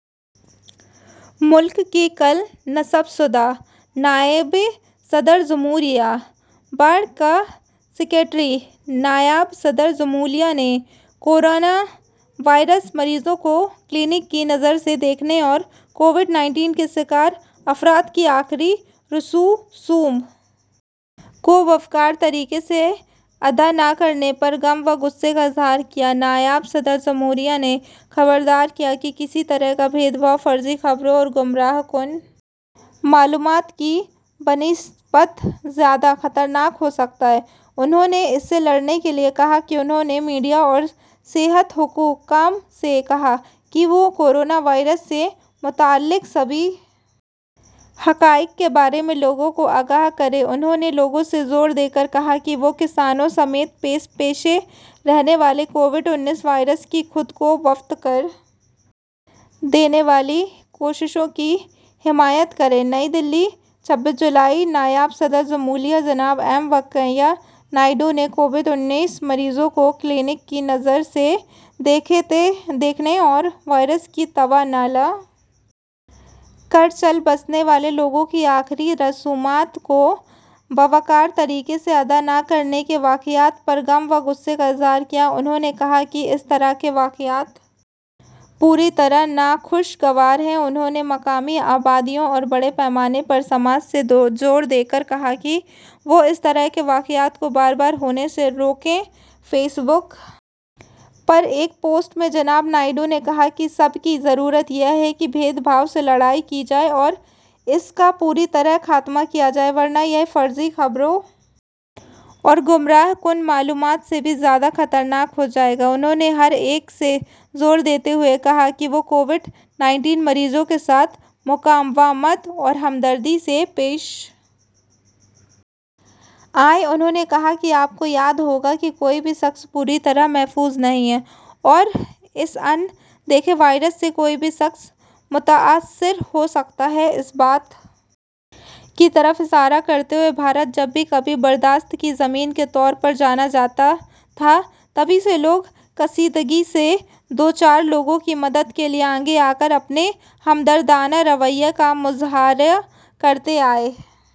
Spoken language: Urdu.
ملک کی کل نصب شدہ نائب صدر جمہوریہ ہند کا سکریٹریٹ نائب صدر جمہوریہ نے کورونا وائرس مریضوں کو کلنک کی نظر سے دیکھنے اور کووڈ انیس کے شکار افراد کی آخری رسوم کو باوقار طریقے سے ادا نہ کرنے پر غم و غصے کا اظہار کیا ہے نائب صدر جمہوریہ نے خبردار کیا ہے کہ کسی طرح کا بھید بھاؤ فرضی خبروں اور گمراہ کن معلومات کی بنسبت زیادہ خطرناک ہو سکتا ہے انہوں نے اس سے لڑنے کے لیے کہا ہے انہوں نے میڈیا اور صحت حکام سے کہا ہے کہ وہ کورونا وائرس سے متعلق سبھی حقائق کے بارے میں لوگوں کو آگاہ کریں انہوں نے لوگوں سے زور دے کر کہا ہے کہ وہ کسانوں سمیت پیش پیش رہنے والے کووڈ انیس واریئرس کی خود کو وقف کر دینے والی کوششوں کی حمایت کریں نئی دہلی چھبیس جولائی نائب صدر جمہوریہ جناب ایم وینکیا نائیڈو نے کووڈ انیس مریضوں کو کلنک کی نظر سے دیکھنے اور وائرس کی تاب نہ لا کر چل بسنے والے لوگوں کی آخری رسوم کو باوقار طریقے سے ادا نہ کرنے کے واقعات پر غم و غصے کا اظہار کیا ہے انہوں نے کہا کہ اس طرح کے واقعات پوری طرح ناخوشگوار ہیں انہوں نے مقامی آبادیوں اور بڑے پیمانے پر سماج سے زور دے کر کہا ہے کہ وہ اس طرح کے واقعات کو بار بار ہونے سے روکیں فیس بک پر ایک پوسٹ میں جناب نائیڈو نے کہا کہ سب کی ضرورت یہ ہے کہ بھید بھاؤ سے لڑائی کی جائے اور اس کا پوری طرح خاتمہ کیا جائے ورنہ یہ فرضی خبروں اور گمراہ کن معلومات سے بھی زیادہ خطرناک ہو جائے گا انہوں نے ہر ایک سے زور دیتے ہوئے کہا ہے کہ وہ کووڈ انیس مریضوں کے ساتھ مفاہمت اور ہمدردی سے پیش آئے انہوں نے کہا کہ آپ کو یاد ہوگا کہ کوئی بھی شخص پوری طرح محفوظ نہیں ہے اور اس ان دیکھے وائرس سے کوئی بھی شخص متاثر ہو سکتا ہے اس بات کی طرف اشارہ کرتے ہوئے کہ بھارت جب کبھی برداشت کی زمین کے طور پر جانا جاتا تھا تبھی سے لوگ کشیدگی سے دوچار لوگوں کی مدد کے لیے آگے آ کر اپنے ہمدردانہ رویے کا مظاہرہ کرتے آئے